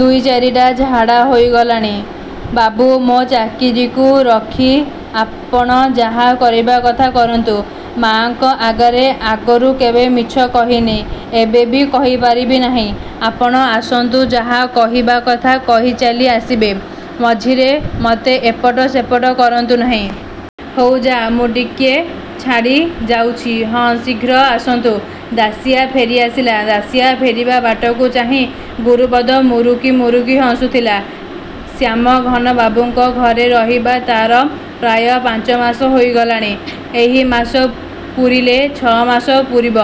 ଦୁଇ ଚାରିଟା ଝାଡ଼ା ହୋଇଗଲାଣି। ବାବୁ, ମୋ ଚାକିରିକୁ ରଖି ଆପଣ ଯାହା କରିବା କଥା କରନ୍ତୁ। ମା'ଙ୍କ ଆଗରେ ଆଗରୁ କେବେ ମିଛ କହିନି, ଏବେ ବି କହିପାରିବି ନାହିଁ। ଆପଣ ଆସନ୍ତୁ ଯାହା କହିବା କଥା କହି ଚାଲି ଆସିବେ। ମଝିରେ ମୋତେ ଏପଟ ସେପଟ କରାନ୍ତୁ ନାହିଁ। ହଉ ଯା' ମୁଁ ଟିକେ ଛାଡ଼ି ଯାଉଛି। ହଁ, ଶୀଘ୍ର ଆସନ୍ତୁ। ଦାଶିଆ ଫେରି ଆସିଲା। ଦାଶିଆ ଫେରିବା ବାଟକୁ ଚାହିଁ ଗୁରୁପଦ ମୁରୁକି ମୁରୁକି ହସୁଥିଲା। ଶ୍ୟାମଘନବାବୁଙ୍କ ଘରେ ରହିବା ତା'ର ପ୍ରାୟ ପାଞ୍ଚମାସ ହୋଇଗଲାଣି। ଏହି ମାସ ପୁରିଲେ ଛଅମାସ ପୂରିବ।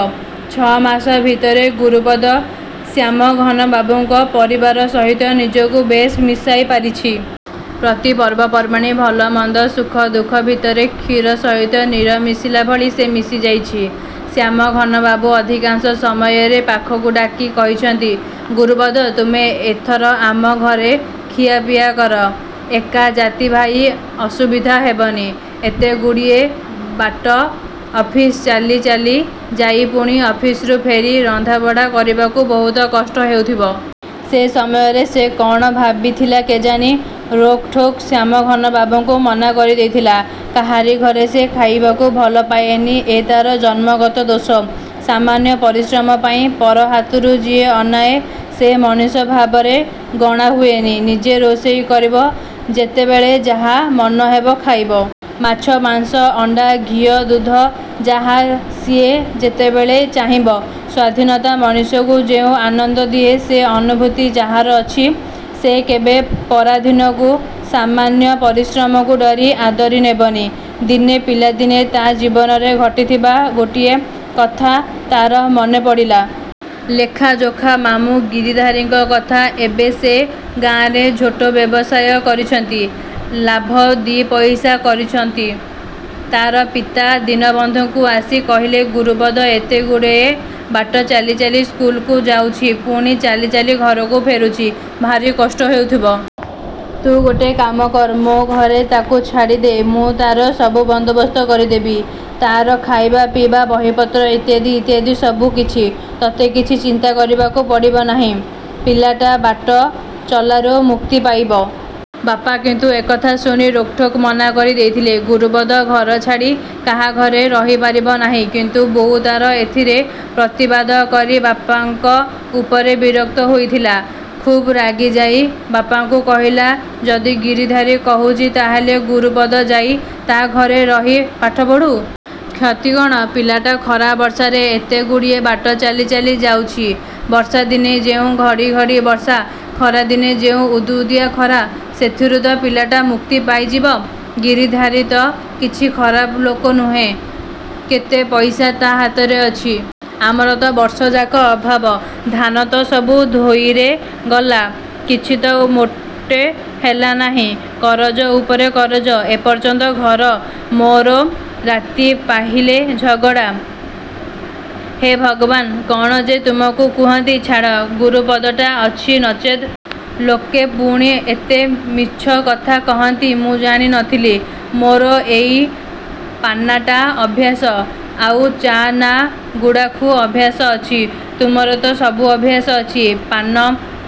ଛ' ମାସ ଭିତରେ ଗୁରୁପଦ ଶ୍ୟାମଘନବାବୁଙ୍କ ପରିବାର ସହିତ ନିଜକୁ ବେଶ୍ ମିଶାଇ ପାରିଛି। ପ୍ରତି ପର୍ବପର୍ବାଣୀ ଭଲ ମନ୍ଦ, ସୁଖ ଦୁଃଖ ଭିତରେ କ୍ଷୀର ସହିତ ନୀର ମିଶିଲା ଭଳି ସେ ମିଶି ଯାଇଛି। ଶ୍ୟାମଘନବାବୁ ଅଧିକାଂଶ ସମୟରେ ପାଖକୁ ଡାକି କହିଛନ୍ତି, ଗୁରୁପଦ ତୁମେ ଏଥର ଆମ ଘରେ ଖିଆପିଆ କର। ଏକା ଜାତିଭାଇ ଅସୁବିଧା ହେବନି। ଏତେଗୁଡ଼ିଏ ବାଟ ଅଫିସ ଚାଲି ଚାଲି ଯାଇ ପୁଣି ଅଫିସରୁ ଫେରି ରନ୍ଧାବଢ଼ା କରିବାକୁ ବହୁତ କଷ୍ଟ ହେଉଥିବ। ସେ ସମୟରେ ସେ କ'ଣ ଭାବିଥିଲା କେଜାଣି ରୋକଠୋକ ଶ୍ୟାମଘନବାବୁଙ୍କୁ ମନା କରିଦେଇଥିଲା। କାହାରି ଘରେ ସେ ଖାଇବାକୁ ଭଲ ପାଏନି, ଏ ତା'ର ଜନ୍ମଗତ ଦୋଷ। ସାମାନ୍ୟ ପରିଶ୍ରମ ପାଇଁ ପର ହାତକୁ ଯିଏ ଅନାଏ ସେ ମଣିଷ ଭାବରେ ଗଣା ହୁଏନି। ନିଜେ ରୋଷେଇ କରିବ, ଯେତେବେଳେ ଯାହା ମନ ହେବ ଖାଇବ। ମାଛ, ମାଂସ, ଅଣ୍ଡା, ଘିଅ, ଦୁଧ, ଯାହା ସିଏ ଯେତେବେଳେ ଚାହିଁବ। ସ୍ୱାଧୀନତା ମଣିଷକୁ ଯେଉଁ ଆନନ୍ଦ ଦିଏ ସେ ଅନୁଭୂତି ଯାହାର ଅଛି, ସେ କେବେ ପରାଧୀନକୁ ସାମାନ୍ୟ ପରିଶ୍ରମକୁ ଡରି ଆଦରି ନେବନି। ଦିନେ ପିଲାଦିନେ ତା' ଜୀବନରେ ଘଟିଥିବା ଗୋଟିଏ କଥା ତା'ର ମନେ ପଡ଼ିଲା। ଲେଖାଯୋଖା ମାମୁଁ ଗିରିଧାରୀଙ୍କ କଥା। ଏବେ ସେ ଗାଁରେ ଝୋଟ ବ୍ୟବସାୟ କରିଛନ୍ତି। ଲାଭ ଦି' ପଇସା କରଛନ୍ତି। ତା'ର ପିତା ଦୀନବନ୍ଧୁକୁ ଆସି କହିଲେ, ଗୁରୁପଦ ଏତେଗୁଡ଼ିଏ ବାଟ ଚାଲି ଚାଲି ସ୍କୁଲକୁ ଯାଉଛି ପୁଣି ଚାଲି ଚାଲି ଘରକୁ ଫେରୁଛି ଭାରି କଷ୍ଟ ହେଉଥିବ। ତୁ ଗୋଟେ କାମ କର। ମୋ ଘରେ ତା'କୁ ଛାଡ଼ି ଦେ। ମୁଁ ତା'ର ସବୁ ବନ୍ଦୋବସ୍ତ କରିଦେବି। ତା'ର ଖାଇବା ପିଇବା, ବହିପତ୍ର ଇତ୍ୟାଦି ଇତ୍ୟାଦି ସବୁ କିଛି। ତୋତେ କିଛି ଚିନ୍ତା କରିବାକୁ ପଡ଼ିବ ନାହିଁ। ପିଲାଟା ବାଟ ଚଲାରୁ ମୁକ୍ତି ପାଇବ। ବାପା କିନ୍ତୁ ଏକଥା ଶୁଣି ରୋକଠୋକ ମନା କରି ଦେଇଥିଲେ। ଗୁରୁପଦ ଘର ଛାଡ଼ି କାହା ଘରେ ରଡ଼ିପାରିବ ନାହିଁ। କିନ୍ତୁ ବୋଉ ତା'ର ଏଥିରେ ପ୍ରତିବାଦ କରି ବାପାଙ୍କ ଉପରେ ବିରକ୍ତ ହୋଇଥିଲା। ଖୁବ୍ ରାଗିଯାଇ ବାପାଙ୍କୁ କହିଲା ଯଦି ଗିରିଧାରୀ କହୁଛି ତା'ହେଲେ ଗୁରୁପଦ ଯାଇ ତା' ଘରେ ରହି ପାଠ ପଢ଼ୁ। କ୍ଷତି କ'ଣ? ପିଲାଟା ଖରା ବର୍ଷାରେ ଏତେଗୁଡ଼ିଏ ବାଟ ଚାଲି ଚାଲି ଯାଉଛି। ବର୍ଷାଦିନେ ଯେଉଁ ଘଡ଼ି ଘଡ଼ି ବର୍ଷା, ଖରାଦିନେ ଯେଉଁ ଉଦୁଉଦିଆ ଖରା; ସେଥିରୁ ତ ପିଲାଟା ମୁକ୍ତି ପାଇଯିବ। ଗିରିଧାରୀ ତ କିଛି ଖରାପ ଲୋକ ନୁହେଁ। କେତେ ପଇସା ତା' ହାତରେ ଅଛି। ଆମର ତ ବର୍ଷଯାକ ଅଭାବ। ଧାନ ତ ସବୁ ଧୋଇରେ ଗଲା। କିଛି ତ ମୋଟେ ହେଲା ନାହିଁ। କରଜ ଉପରେ କରଜ, ଏପର୍ଯ୍ୟନ୍ତ ଘର। ମୋର ରାତି ପାହିଲେ ଝଗଡ଼ା। ହେ ଭଗବାନ୍! କ'ଣ ଯେ ତୁମକୁ କୁହନ୍ତି ଛାଡ଼। ଗୁରୁପଦଟା ଅଛି ନଚେତ୍। ଲୋକେ ପୁଣି ଏତେ ମିଛକଥା କହନ୍ତି! ମୁଁ ଜାଣି ନ ଥିଲି। ମୋର ଏଇ ପାନଟା ଅଭ୍ୟାସ, ଆଉ ଚା' ନା ଗୁଡ଼ାଖୁ ଅଭ୍ୟାସ ଅଛି, ତୁମର ତ ସବୁ ଅଭ୍ୟାସ ଅଛି। ପାନ,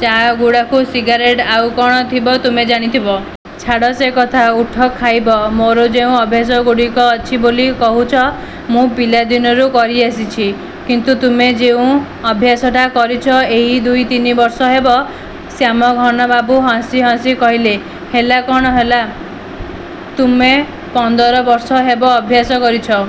ଚା, ଗୁଡ଼ାଖୁ, ସିଗାରେଟ୍, ଆଉ କ'ଣ ଥିବ ତୁମେ ଜାଣିଥିବ। ଛାଡ଼ ସେ କଥା, ଉଠ ଖାଇବ। ମୋର ଯେଉଁ ଅଭ୍ୟାସଗୁଡ଼ିକ ଅଛି ବୋଲି କହୁଛ ମୁଁ ପିଲାଦିନରୁ କରି ଆସିଛି। କିନ୍ତୁ ତୁମେ ଯେଉଁ ଅଭ୍ୟାସଟା କରିଛ ଏହି ଦୁଇ ତିନି ବର୍ଷ ହେବ। ଶ୍ୟାମଘନବାବୁ ହସି ହସି କହିଲେ, ହେଲା କ'ଣ ହେଲା। ତୁମେ ପନ୍ଦର ବର୍ଷ ହେବ ଅଭ୍ୟାସ କରିଛ।